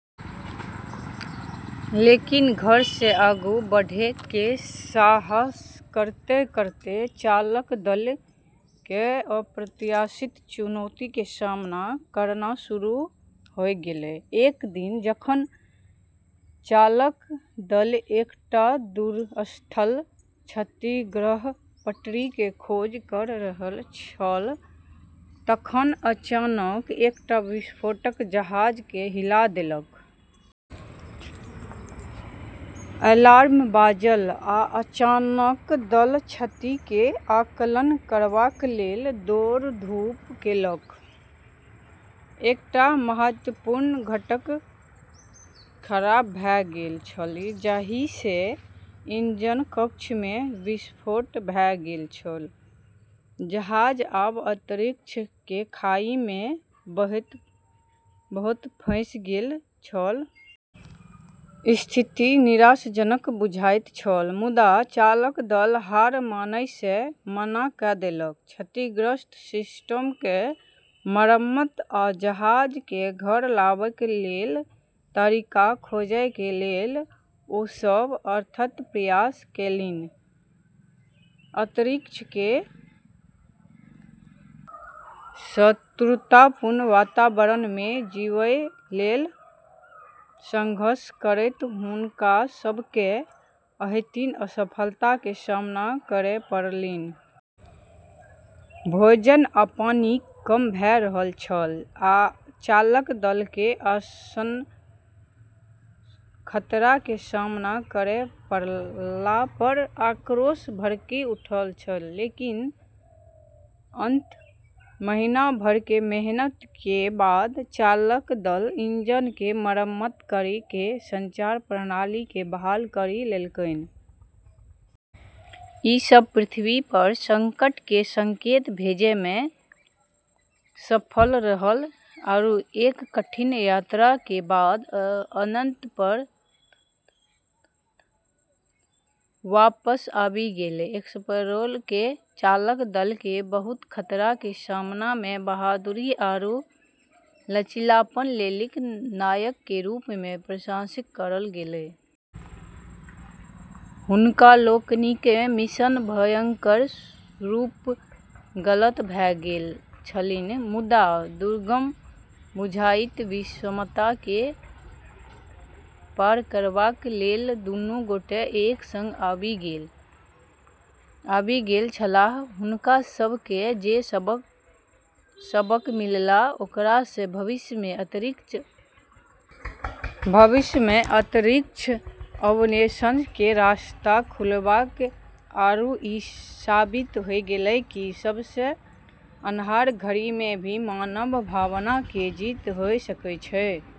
लेकिन घर से आगू बढ़ै के साहस करतें करतें चालक दल के अप्रत्याशित चुनौती के सामना करना शुरू होय गेलै। एक दिन जखन चालक दल एकटा दूरस्थ क्षुद्रग्रह पट्टी के खोज कर रहल छल तखन अचानक एकटा विस्फोट जहाज के हिला देलक। अलार्म बाजल, आ चालक दल क्षति के आकलन करबा लेल दौड़ धूप केलक। एकटा महत्वपूर्ण घटक खराब भ गेल छल, जाहि से इंजन कक्ष में विस्फोट भ गेल छल। जहाज आब अंतरिक्ष के खाई में बहैत फँसि गेल छल। स्थिति निराशाजनक बुझाइत छल। मुदा चालक दल हार मानय से मना क देलक। क्षतिग्रस्त सिस्टम के मरम्मत आ जहाज के घर लाबय के तरीका खोजय के लेल ओ सब अथक प्रयास केलनि। अंतरिक्ष के शत्रुतापूर्ण वातावरण में जीबय लेल संघर्ष करैत हुनका सब के अंतहीन असफलता के सामना करय पड़लनि। भोजन आ पानि कम भ रहल छल, आ चालक दल के आसन्न खतरा के सामना करय पड़ला पर आक्रोश भड़कि उठल छल। लेकिन अंततः महीना भर के मेहनत के बाद चालक दल इंजन के मरम्मत करी क संचार प्रणाली के बहाल करी देलकै। ई सब पृथ्वी पर संकट के संकेत भेजै में सफल रहलै आरू एक कठिन यात्रा के बाद अंततः घर वापस आबी गेलै। एक्सप्लोरर के चालक दल के बहुत खतरा के सामना में बहादुरी आरू लचीलापन लेली नायक के रूप में प्रशंसित करल गेलै। हुनका लोकनिक मिशन भयंकर रूपे गलत भ गेल छलनि, मुदा दुर्गम बुझाइत विषमता के पार करबाक लेल दुनू गोटे एक संग आबि गेल छलाह। हुनका सब के जे सबक मिललै, ओकरा से भविष्य में अंतरिक्ष अन्वेषण के रास्ता खुललै आरू ई साबित होय गेलै कि सबसे अन्हार घड़ी में भी मानव भावना के जीत होय सकै छै।